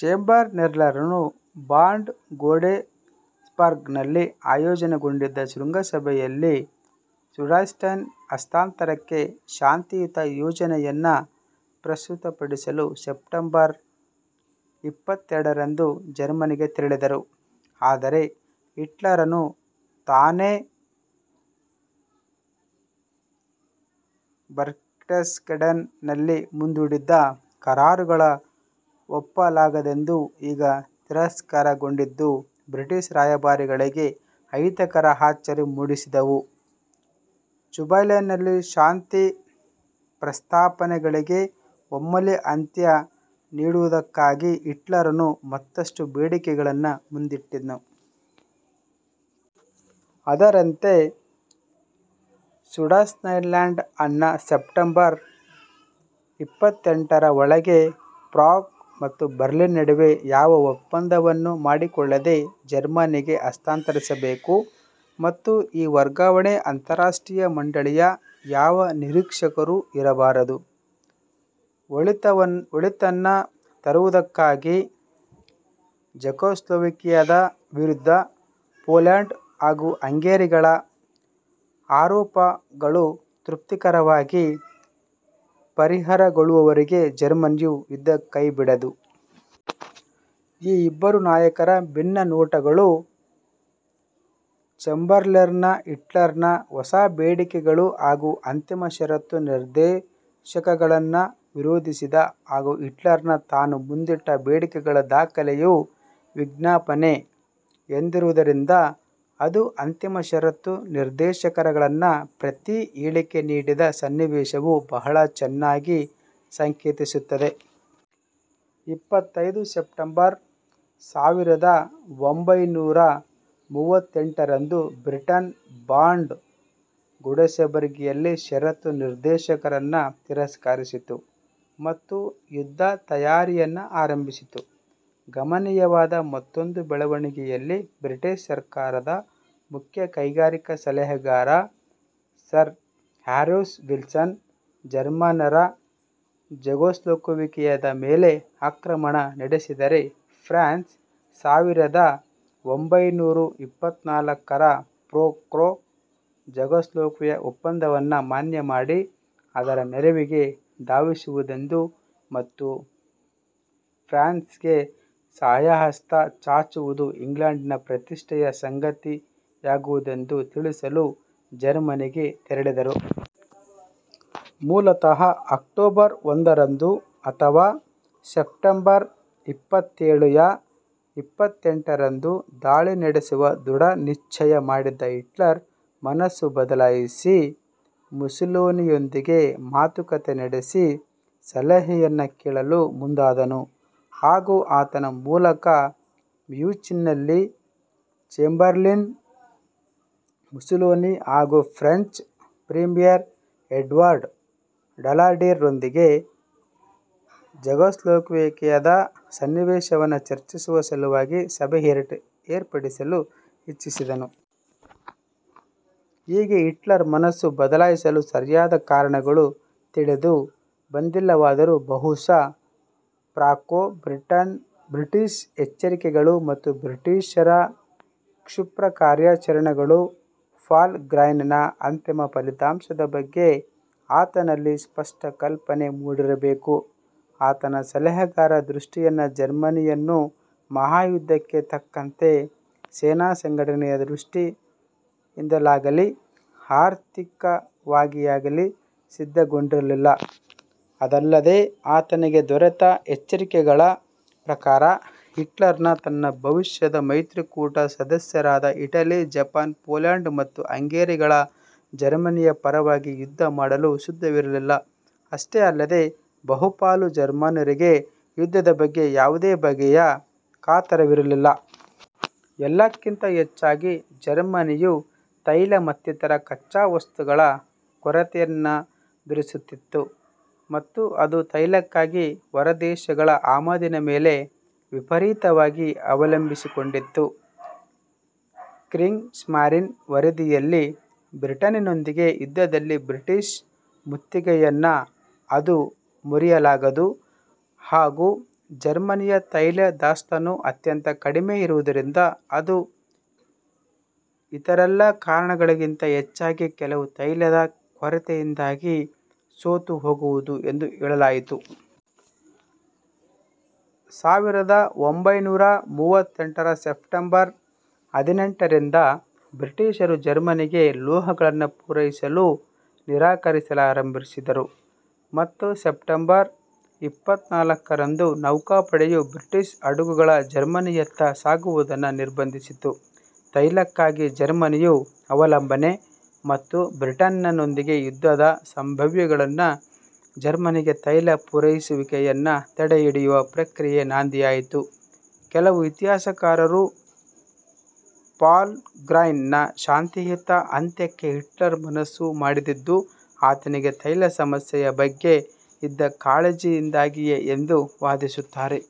ಚೆಂಬರ್ಲೈನರು Bad Godesberg ನಲ್ಲಿ ಆಯೋಜನೆಗೊಂಡಿದ್ದ ಶೃಂಗಸಭೆಯಲ್ಲಿ ಸುಡೆನ್ಟನ್ ಹಸ್ತಾಂತರಕ್ಕೆ ಶಾಂತಿಯುತ ಯೋಜನೆಯನ್ನು ಪ್ರಸ್ತುತಪಡಿಸಲು ಸೆಪ್ಟೆಂಬರ್ ಇಪ್ಪತ್ತೆರಡರಂದು ಜರ್ಮನಿಗೆ ತೆರಳಿದರು. ಆದರೆ, ಹಿಟ್ಲರನು ತಾನೇ "ಬರ್ಕ್ಟೆಸ್ಗಾಡೆನ್ " ನಲ್ಲಿ ಮುಂದಿಟ್ಟಿದ್ದ ಕರಾರುಗಳನ್ನು ಒಪ್ಪಲಾಗದೆಂದು ಈಗ ತಿರಸ್ಕರಿಸತೊಡಗಿದ್ದು ಬ್ರಿಟಿಷ್ ರಾಯಭಾರಿಗಳಲ್ಲಿ ಅಹಿತಕರ ಅಚ್ಚರಿ ಮೂಡಿಸಿದವು. ಚೆಂಬರ್ಲೈನರ ಶಾಂತಿ ಪ್ರಸ್ತಾಪನೆಗಳಿಗೆ ಒಮ್ಮೆಲೇ ಅಂತ್ಯ ನೀಡುವುದಕ್ಕಾಗಿ ಹಿಟ್ಲರನು ಮತ್ತಷ್ಟು ಬೇಡಿಕೆಗಳನ್ನು ಮುಂದಿಟ್ಟನು. ಅದರಂತೆ- ಸುಡೆನ್ಟೆನ್ಲ್ಯಾಂಡ್ ಅನ್ನು ಸೆಪ್ಟೆಂಬರ್ ಇಪ್ಪತ್ತೆಂಟರ ಒಳಗೆ ಪ್ರಾಗ್ ಹಾಗೂ ಬರ್ಲಿನ್ ನಡುವೆ ಯಾವ ಒಪ್ಪಂದವನ್ನೂ ಮಾಡಿಕೊಳ್ಳದೇ ಜರ್ಮನಿಗೆ ಹಸ್ತಾಂತರಿಸಬೇಕು ಮತ್ತು ಈ ವರ್ಗಾವಣೆಗೆ ಅಂತಾರಾಷ್ಟ್ರೀಯ ಮಂಡಳಿಯ ಯಾವ ನಿರೀಕ್ಷಕರೂ ಇರಬಾರದು; ಒಳಿತನ್ನು ತರುವುದಕ್ಕಾಗಿ, ಝೆಕೋಸ್ಲೋವಾಕಿಯಾದ ವಿರುದ್ಧ ಪೋಲ್ಯಾಂಡ್ ಹಾಗೂ ಹಂಗೆರಿಗಳ ಆರೋಪಗಳು ತೃಪ್ತಿಕರವಾಗಿ ಪರಿಹಾರಗೊಳ್ಳುವವರೆಗೆ ಜರ್ಮನಿಯು ಯುದ್ಧ ಕೈಬಿಡದು. ಈ ಇಬ್ಬರು ನಾಯಕರ ಭಿನ್ನ ನೋಟಗಳು, ಚೆಂಬರ್ಲೈನ್ರು ಹಿಟ್ಲರನ ಹೊಸ ಬೇಡಿಕೆಗಳನ್ನು ಹಾಗೂ ಅಂತಿಮ ಷರತ್ತು ನಿರ್ದೇಶಕಗಳನ್ನು ವಿರೋಧಿಸಿದ, ಹಾಗೂ ಹಿಟ್ಲರನು ತಾನು ಮುಂದಿಟ್ಟ ಬೇಡಿಕೆಗಳ ದಾಖಲೆಯು "ವಿಜ್ಞಾಪನೆ" ಎಂದಿರುವುದರಿದ ಅದು ಅಂತಿಮ ಷರತ್ತು ನಿರ್ದೇಶಕಗಳನ್ನು ಪ್ರತಿ ಹೇಳಿಕೆ ನೀಡಿದ ಸನ್ನಿವೇಶವು ಬಹಳ ಚೆನ್ನಾಗಿ ಸಾಂಕೇತಿಸುತ್ತದೆ. ಇಪ್ಪತ್ತೈದು ಸೆಪ್ಟೆಂಬರ್ ಸಾವಿರದ ಒಂಭೈನೂರ ಮೂವತ್ತೆಂಟರಂದು ಬ್ರಿಟನ್, ಬಾಡ್ ಗೋಡೆಸ್ಬರ್ಗಿನ ಷರತ್ತು ನಿರ್ದೇಶಕಗಳನ್ನು ತಿರಸ್ಕರಿಸಿತು ಮತ್ತು ಯುದ್ಧ ತಯಾರಿಯನ್ನು ಆರಂಭಿಸಿತು. ಗಮನೀಯವಾದ ಮತ್ತೊಂದು ಬೆಳವಣಿಗೆಯಲ್ಲಿ, ಬ್ರಿಟಿಷ್ ಸರ್ಕಾರದ ಮುಖ್ಯ ಕೈಗಾರಿಕಾ ಸಲಹೆಗಾರ ಸರ್ ಹೊರೇಸ್ ವಿಲ್ಸನ್, ಜರ್ಮನ್ನರು ಝೆಕೋಸ್ಲೋವಾಕಿಯಾದ ಮೇಲೆ ಆಕ್ರಮಣ ನಡೆಸಿದರೆ, ಫ್ರಾನ್ಸ್ ಸಾವಿರದ ಒಂಭೈನೂರ ಇಪ್ಪತ್ನಾಲ್ಕರ ಫ್ರಾಂಕೋ ಝೆಕೋಸ್ಲೋವಾಕ್ ಒಪ್ಪಂದವನ್ನು ಮಾನ್ಯ ಮಾಡಿ, ಅದರ ನೆರವಿಗೆ ಧಾವಿಸುವುದೆಂದೂ, ಮತ್ತು "ಫ್ರಾನ್ ಸ್ಗೆ ಸಹಾಯಹಸ್ತ ಚಾಚುವುದು ಇಂಗ್ಲೆಂಡಿನ ಪ್ರತಿಷ್ಠೆಯ ಸಂಗತಿಯಾಗುವುದೆಂದೂ" ತಿಳಿಸಲು ಜರ್ಮನಿಗೆ ತೆರಳಿದರು. ಮೂಲತಃ ಅಕ್ಟೋಬರ್ ಒಂದರಂದು ಅಥವಾ ಸೆಪ್ಟೆಂಬರ್ ಇಪ್ಪತ್ತೇಳು ಯಾ ಇಪ್ಪತ್ತೆಂಟರಂದು ದಾಳಿ ನಡೆಸುವ ಧೃಢ ನಿಶ್ಚಯ ಮಾಡಿದ್ದ ಹಿಟ್ಲರ್, ಮನಸ್ಸು ಬದಲಿಸಿ, ಮುಸೋಲಿನಿಯೊಂದಿಗೆ ಮಾತುಕಥೆ ನಡೆಸಿ ಸಲಹೆಯನ್ನು ಕೇಳಲು ಮುಂದಾದನು ಹಾಗೂ ಆತನ ಮೂಲಕ ಮ್ಯೂನಿಚ್ನಲ್ಲಿ ಚೇಂಬರ್ಲೈನ್, ಮುಸೋಲಿನಿ ಹಾಗೂ ಫ್ರೆಂಚ್ ಪ್ರೀಮಿಯರ್ ಎಡ್ವರ್ಡ್ ಡಲಡೀರ್ ರೊಂದಿಗೆ ಝೆಕೋಸ್ಲೋವಾಕಿಯಾದ ಸನ್ನಿವೇಶವನ್ನು ಚರ್ಚಿಸುವ ಸಲುವಾಗಿ ಸಭೆ ಏರ್ಪಡಿಸಲು ಇಚ್ಚಿಸಿದನು. ಹೀಗೆ ಹಿಟ್ಲರ್ ಮನಸ್ಸು ಬದಲಿಸಲು ಸರಿಯಾದ ಕಾರಣಗಳು ತಿಳಿದು ಬಂದಿಲ್ಲವಾದರೂ ಬಹುಶಃ ಫ್ರಾಂಕೋ ಬ್ರಿಟಿಷ್ ಎಚ್ಚರಿಕೆಗಳು ಮತ್ತು ಬ್ರಿಟಿಷರ ಕ್ಷಿಪ್ರ ಕಾರ್ಯಾಚರಣೆಗಳು "ಫಾಲ್ ಗ್ರ್ಯೂನ್ " ನ ಅಂತಿಮ ಫಲಿತಾಂಶದ ಬಗ್ಗೆ ಆತನಲ್ಲಿ ಸ್ಪಷ್ಟ ಕಲ್ಪನೆ ಮೂಡಿಸಿರಬೇಕು. ಆತನ ಸಲಹೆಗಾರರ ದೃಷ್ಟಿಯಲ್ಲಿ ಜರ್ಮನಿಯಿನ್ನೂ ಮಹಾಯುದ್ಧಕ್ಕೆ ತಕ್ಕಂತೆ ಸೇನಾ ಸಂಘಟನೆಯ ದೃಷ್ಟಿಯಿಂದಲಾಗಲೀ ಆರ್ಥಿಕವಾಗಿಯಾಗಲೀ ಸಿದ್ಧಗೊಂಡಿರಲಿಲ್ಲ; ಅದಲ್ಲದೆ ಆತನಿಗೆ ದೊರೆತ ಎಚ್ಚರಿಕೆಗಳ ಪ್ರಕಾರ ಹಿಟ್ಲರನು ತನ್ನ ಭವಿಷ್ಯದ ಮೈತ್ರಿಕೂಟದ ಸದಸ್ಯರಾದ ಇಟಲಿ, ಜಪಾನ್, ಪೋಲ್ಯಾಂಡ್ ಮತ್ತು ಹಂಗೆರಿಗಳು ಜರ್ಮನಿಯ ಪರವಾಗಿ ಯುದ್ಧ ಮಾಡಲು ಸಿದ್ಧವಿರಲಿಲ್ಲ; ಅಷ್ಟೇ ಅಲ್ಲದೆ, ಬಹುಪಾಲು ಜರ್ಮನ್ನರಿಗೆ ಯುದ್ಧದ ಬಗ್ಗೆ ಯಾವುದೇ ಬಗೆಯ ಕಾತರವಿರಲಿಲ್ಲ. ಎಲ್ಲಕ್ಕಿಂತ ಹೆಚ್ಚಾಗಿ, ಜರ್ಮನಿಯು ತೈಲ ಮತ್ತಿತರ ಕಚ್ಚಾವಸ್ತುಗಳ ಕೊರತೆಯನ್ನೆದುರಿಸುತ್ತಿತ್ತು, ಮತ್ತು ಅದು ತೈಲಕ್ಕಾಗಿ ಹೊರದೇಶಗಳ ಆಮದಿನ ಮೇಲೆ ವಿಪರೀತವಾಗಿ ಅವಲಂಬಿಸಿಕೊಂಡಿತ್ತು. "ಕ್ರೀಗ್ ಸ್ಮರಿನ್ " ವರದಿಯಲ್ಲಿ, ಬ್ರಿಟನ್ನಿನೊಡನೆಯ ಯುದ್ಧದಲ್ಲಿ ಬ್ರಿಟಿಷ್ ಮುತ್ತಿಗೆಯನ್ನು ಅದು ಮುರಿಯಲಾಗದು, ಹಾಗೂ ಜರ್ಮನಿಯಲ್ಲಿ ತೈಲ ದಾಸ್ತಾನು ಅತ್ಯಂತ ಕಡಿಮೆ ಇರುವುದರಿಂದ ಅದು ಇತರೆಲ್ಲ ಕಾರಣಗಳಿಗಿಂತ ಹೆಚ್ಚಾಗಿ ಕೇವಲ ತೈಲದ ಕೊರತೆಯಿಂದಲೇ ಸೋತು ಹೋಗುವುದು ಎಂದು ಹೇಳಲಾಗಿತ್ತು. ಸಾವಿರದ ಒಂಭೈನೂರ ಮೂವತ್ತೆಂಟರ ಸೆಪ್ಟೆಂಬರ್ ಹದಿನೆಂಟರಿಂದ ಬ್ರಿಟಿಷರು ಜರ್ಮನಿಗೆ ಲೋಹಗಳನ್ನು ಪೂರೈಸಲು ನಿರಾಕರಿಸಲಾರಂಭಿಸಿದರು, ಮತ್ತು ಸೆಪ್ಟೆಂಬರ್ ಇಪ್ಪತ್ನಾಲ್ಕರಂದು ನೌಕಾಪಡೆಯು ಬ್ರಿಟಿಷ್ ಹಡಗುಗಳು ಜರ್ಮನಿಯತ್ತ ಸಾಗುವುದನ್ನು ನಿರ್ಬಂಧಿಸಿತು. ತೈಲಕ್ಕಾಗಿ ಜರ್ಮನಿಯ ಅವಲಂಬನೆ, ಮತ್ತು ಬ್ರಿಟನ್ನಿನೊಡನೆ ಯುದ್ಧದ ಸಂಭಾವ್ಯತೆಗಳು ಜರ್ಮನಿಗೆ ತೈಲ ಪೂರೈಸುವಿಕೆಯನ್ನು ತಡೆಹಿಡಿಯುವ ಪ್ರಕ್ರಿಯೆಗೆ ನಾಂದಿಯಾಯಿತು. ಕೆಲವು ಇತಿಹಾಸಕಾರರು, "ಫಾಲ್ ಗ್ರ್ಯೂನ್" ನ ಶಾಂತಿಯುತ ಅಂತ್ಯಕ್ಕೆ ಹಿಟ್ಲರ್ ಮನಸು ಮಾಡಿದುದು ಆತನಿಗೆ ತೈಲ ಸಮಸ್ಯೆಯ ಬಗ್ಗೆ ಇದ್ದ ಕಾಳಜಿಯಿಂದಾಗಿಯೇ ಎಂದು ವಾದಿಸುತ್ತಾರೆ.